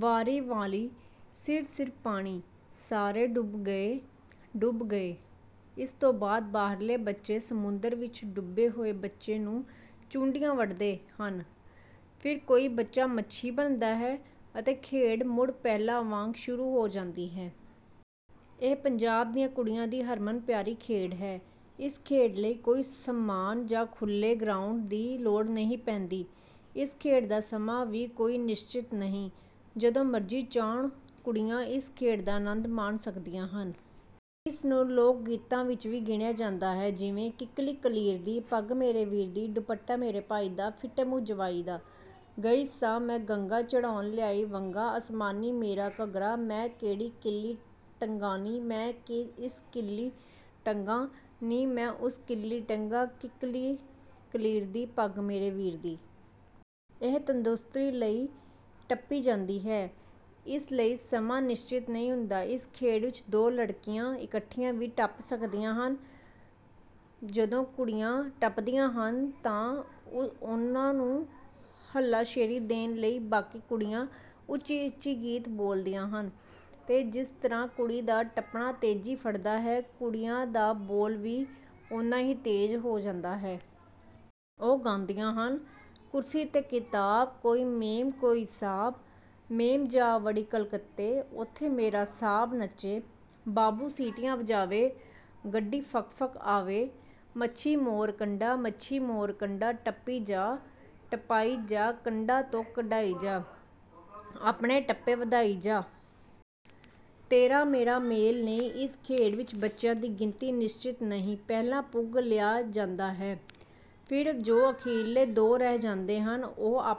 ਵਾਰੀ ਵਾਲ਼ੀ: ਸਿਰ ਸਿਰ ਪਾਣੀ। ਸਾਰੇ: ਡੁੱਬ ਗਏ! ਡੁੱਬ ਗਏ। ਇਸ ਤੋਂ ਬਾਅਦ ਬਾਹਰਲੇ ਬੱਚੇ ਸਮੁੰਦਰ ਵਿੱਚ ਡੁੱਬੇ ਹੋਏ ਬੱਚੇ ਨੂੰ ਚੂੰਡੀਆਂ ਵੱਢਦੇ ਹਨ। ਫਿਰ ਕੋਈ ਬੱਚਾ ਮੱਛੀ ਬਣਦਾ ਹੈ ਅਤੇ ਖੇਡ ਮੁੜ ਪਹਿਲਾਂ ਵਾਂਗ ਸ਼ੁਰੂ ਹੋ ਜਾਂਦੀ ਹੈ। ਇਹ ਪੰਜਾਬ ਦੀਆਂ ਕੁੜੀਆਂ ਦੀ ਹਰਮਨ ਪਿਆਰੀ ਖੇਡ ਹੈ। ਇਸ ਖੇਡ ਲਈ ਕੋਈ ਸਮਾਨ ਜਾਂ ਖੁੱਲ੍ਹੇ ਗਰਾਉਂਡ ਦੀ ਲੋੜ ਨਹੀਂ ਪੈਂਦੀ। ਇਸ ਖੇਡ ਦਾ ਸਮਾਂ ਵੀ ਕੋਈ ਨਿਸ਼ਚਿਤ ਨਹੀਂ ਜਦੋਂ ਮਰਜ਼ੀ ਚਾਹੁਣ ਕੁੜੀਆਂ ਇਸ ਖੇਡ ਦਾ ਅਨੰਦ ਮਾਣ ਸਕਦੀਆਂ ਹਨ। ਇਸ ਨੂੰ ਲੋਕ-ਗੀਤਾਂ ਵਿੱਚ ਵੀ ਗਿਣਿਆ ਜਾਂਦਾ ਹੈ ਜਿਵੇਂ: ਕਿੱਕਲੀ ਕਲੀਰ ਦੀ, ਪੱਗ ਮੇਰੇ ਵੀਰ ਦੀ ਦੁਪੱਟਾ ਮੇਰੇ ਭਾਈ ਦਾ, ਫਿੱਟੇ ਮੂੰਹ ਜਵਾਈ ਦਾ ਗਈ ਸਾਂ ਮੈਂ ਗੰਗਾ ਚੜ੍ਹਾ ਲਿਆਈ ਵੰਗਾਂ ਅਸਮਾਨੀ ਮੇਰਾ ਘੱਗਰਾ, ਮੈਂ ਕਿਹੜੀ ਕਿੱਲੀ ਟੰਗਾਂਨੀ ਮੈਂ ਇਸ ਕਿੱਲੀ ਟੰਗਾਂ, ਨੀ ਮੈਂ ਉਸ ਕਿੱਲੀ ਟੰਗਾਂ ਕਿੱਕਲੀ ਕਲੀਰ ਦੀ ਪੱਗ ਮੇਰੇ ਵੀਰ ਦੀ। ਇਹ ਤੰਦਰੁਸਤੀ ਲਈ ਟੱਪੀ ਜਾਂਦੀ ਹੈ। ਇਸ ਲਈ ਸਮਾਂ ਨਿਸ਼ਚਿਤ ਨਹੀਂ ਹੁੰਦਾ। ਇਸ ਖੇਡ ਵਿੱਚ ਦੋ ਲੜਕੀਆਂ ਇਕੱਠੀਆਂ ਵੀ ਟੱਪ ਸਕਦੀਆਂ ਹਨ। ਜਦੋਂ ਕੁੜੀਆਂ ਟੱਪਦੀਆਂ ਹਨ ਤਾਂ ਉਨ੍ਹਾਂ ਨੂੰ ਹਲਾਸ਼ੇਰੀ ਦੇਣ ਲਈ ਬਾਕੀ ਕੁੜੀਆਂ ਉੱਚੀ ਉੱਚੀ ਗੀਤ ਬੋਲਦੀਆਂ ਹਨ ਤੇ ਜਿਸ ਤਰ੍ਹਾਂ ਕੁੜੀ ਦਾ ਟੱਪਣਾ ਤੇਜ਼ੀ ਫੜਦਾ ਹੈ, ਕੁੜੀਆਂ ਦਾ ਬੋਲ ਵੀ ਓਨ੍ਹੇ ਹੀ ਤੇਜ਼ ਹੋ ਜਾਂਦੇ ਹਨ। ਉਹ ਗਾਉਂਦੀਆਂ ਹਨ: ਕੁਰਸੀ ਤੇ ਕਿਤਾਬ ਕੋਈ ਮੇਮ ਕੋਈ ਸਾਹਬ, ਮੇਮ ਜਾ ਵੜੀ ਕਲਕੱਤੇ ਉੱਥੇ ਮੇਰਾ ਸਾਹਬ ਨੱਚੇ, ਬਾਬੂ ਸੀਟੀਆਂ ਵਜਾਵੇ ਗੱਡੀ ਫੱਕ ਫੱਕ ਆਵੇ, ਮੱਛੀ ਮੋਰ ਕੰਡਾ, ਮੱਛੀ ਮੋਰ ਕੰਡਾ ਟੱਪੀ ਜਾ, ਟਪਾਈ ਜਾ ਕੰਡਾ ਤੋਂ ਕਢਾਈ ਜਾ, ਆਪਣੇ ਟੱਪੇ ਵਧਾਈ ਜਾ। ਤੇਰਾ ਮੇਰਾ ਮੇਲ ਨੀ। ਇਸ ਖੇਡ ਵਿੱਚ ਬੱਚਿਆਂ ਦੀ ਗਿਣਤੀ ਨਿਸਚਿਤ ਨਹੀਂ, ਪਹਿਲਾਂ ਪੁੱਗ ਲਿਆ ਜਾਂਦਾ ਹੈ ਫਿਰ ਜੋ ਅਖੀਰਲੇ ਦੋ ਰਹਿ ਜਾਂਦੇ ਹਨ ਉਹ ਆਪ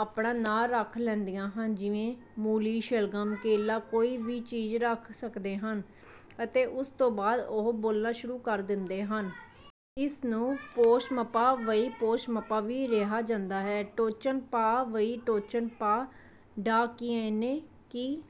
ਆਪਣਾ ਨਾ ਰੱਖ ਲੈਂਦੀਆਂ ਹਨ ਜਿਵੇਂ ਮੂਲ਼ੀ, ਸ਼ਲਗਮ, ਕੇਲਾ ਕੋਈ ਵੀ ਚੀਜ਼ ਰੱਖ ਸਕਦੇ ਹਨ ਅਤੇ ਇਸ ਤੋਂ ਬਾਅਦ ਉਹ ਬੋਲਣਾ ਸ਼ੁਰੂ ਕਰ ਦਿੰਦੇ ਹਨ। ਇਸਨੂੰ ਪੋਸ਼ਮਪਾ ਵਈ ਪੋਸ਼ਮਪਾ ਵੀ ਰਿਹਾ ਜਾਂਦਾ ਹੈ। ਟੋਚਨ ਪਾ ਵਈ ਟੋਚਨ ਪਾ ਡਾਕੀਏ ਨੇ ਕੀ